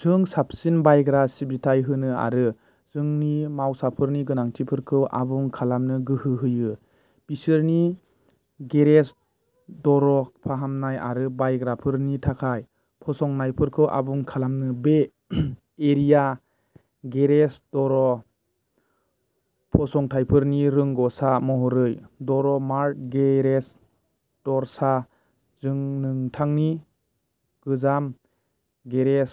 जों साबसिन बायग्रा सिबिथाइ होनो आरो जोंनि मावसाफोरनि गोनांथिफोरखौ आबुं खालामनो गोसो होयो, बिसोरनि गेरेज द'र फाहामनाय आरो बायग्राफोरनि थाखाय फसंनायफोरखौ आबुं खालामनो। बे एरिया गेरेज द'र फसंथायफोरनि रोंग'सा महरै, द'र-मार्ट गेरेज द'र्सआ नोंथांनि गोजाम गेरेज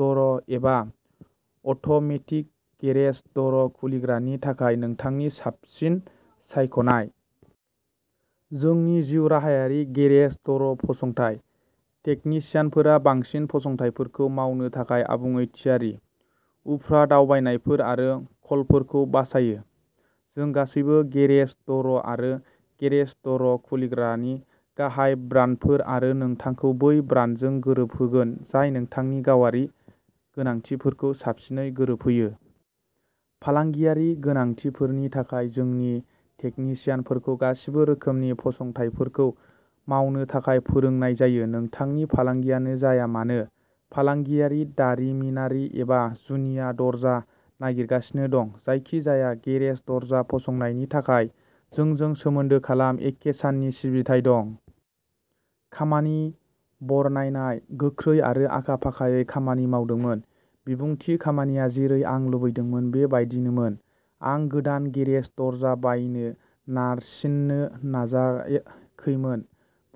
द'र एबा अट'मेटिक गेरेज द'र खुलिग्रानि थाखाय नोंथांनि साबसिन सायख'नाय। जोंनि जिउराहायारि गेरेज द'र फसंथाय टेकनिसियानफोरा बांसिन फसंथायफोरखौ मावनो थाखाय आबुङै थियारि, उफ्रा दावबायनायफोर आरो कलफोरखौ बासायो। जों गासैबो गेरेज द'र आरो गेरेज द'र खुलिग्रानि गाहाय ब्रान्डफोर आरो नोंथांखौ बै ब्रान्डजों गोरोबहोगोन जाय नोंथांनि गावारि गोनांथिफोरखौ साबसिनै गोरोबहोयो। फालांगियारि गोनांथिफोरनि थाखाय, जोंनि टेकनिसियानफोरखौ गासिबो रोखोमनि फसंथायफोरखौ मावनो थाखाय फोरोंनाय जायो, नोंथांनि फालांगियानो जाया मानो। फालांगियारि, दारिमिनारि एबा जुनिया दरजा नागिरगासिनो दं। जायखिजाया गेरेज दरजा फसंनायनि थाखाय जोंजों सोमोन्दो खालाम-एखे साननि सिबिथाइ दं! खामानि बरनायनायः गोख्रै आरो आखा-फाखायै खामानि मावदोंमोन। बिबुंथिः खामानिया जेरै आं लुबैदोंमोन बे बायदिनोमोन। आं गोदान गेरेज दरजा बायनो नारसिननो नाजाखैमोन,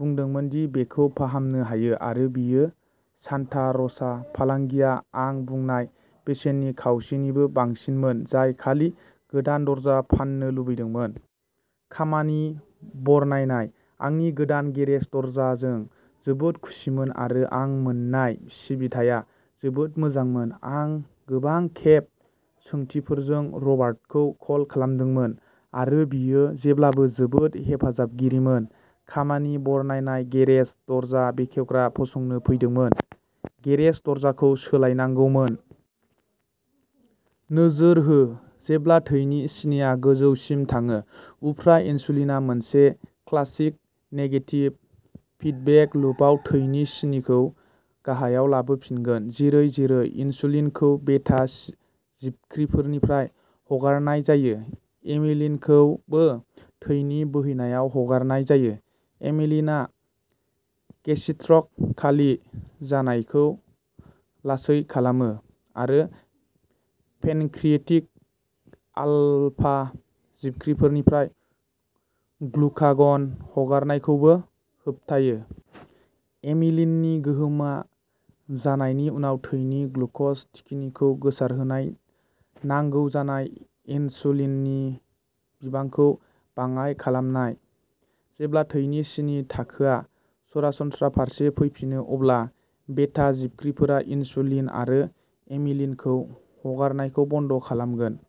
बुंदोंमोन दि बेखौ फाहामनो हायो, आरो बेयो सान्ता र'सा फालांगिया आं बुंनाय बेसेननि खावसेनिबो बांसिनमोन जाय खालि गोदान दरजा फाननो लुबैदोंमोन। खामानि बरनायनायः आंनि गोदान गेरेज दरजाजों जोबोद खुसिमोन आरो आं मोन्नाय सिबिथाया जोबोद मोजांमोन। आं गोबां खेब सोंथिफोरजों रबार्टखौ कल खालामदोंमोन आरो बियो जेब्लाबो जोबोद हेफाजाबगिरिमोन। खामानि बरनायनायः गेरेज दरजा बेखेवग्रा फसंनो फैदोंमोन, गेरेज दरजाखौ सोलायनांगौमोन। नोजोर हो जेब्ला थैनि सिनिआ गोजौसिम थाङो, उफ्रा इनसुलिनआ मोनसे क्लासिक नेगेटिभ फिडबेक लुपआव थैनि सिनिखौ गाहायाव लाबोफिनगोन। जेरै-जेरै इनसुलिनखौ बेटा जिबख्रिफोरनिफ्राय हगारनाय जायो, एमिलिनखौबो थैनि बोहैनायाव हगारनाय जायो। एमिलिनआ गेस्ट्रिक खालि जानायखौ लासै खालामो, आरो पेनक्रिएटिक आलफा जिबख्रिफोरनिफ्राय ग्लुकागन हगारनायखौबो होबथायो। एमिलिननि गोहोमा जानायनि उनाव थैनि ग्लुकज थिखिनिखौ गोसारहोनाय, नांगौ जानाय इनसुलिननि बिबांखौ बाङाइ खालामनाय। जेब्ला थैनि सिनि थाखोआ सरासनस्रा फारसे फैफिनो, अब्ला बेटा जिबख्रिफोरा इनसुलिन आरो एमिलिनखौ हगारनायखौ बन्द'खालामगोन।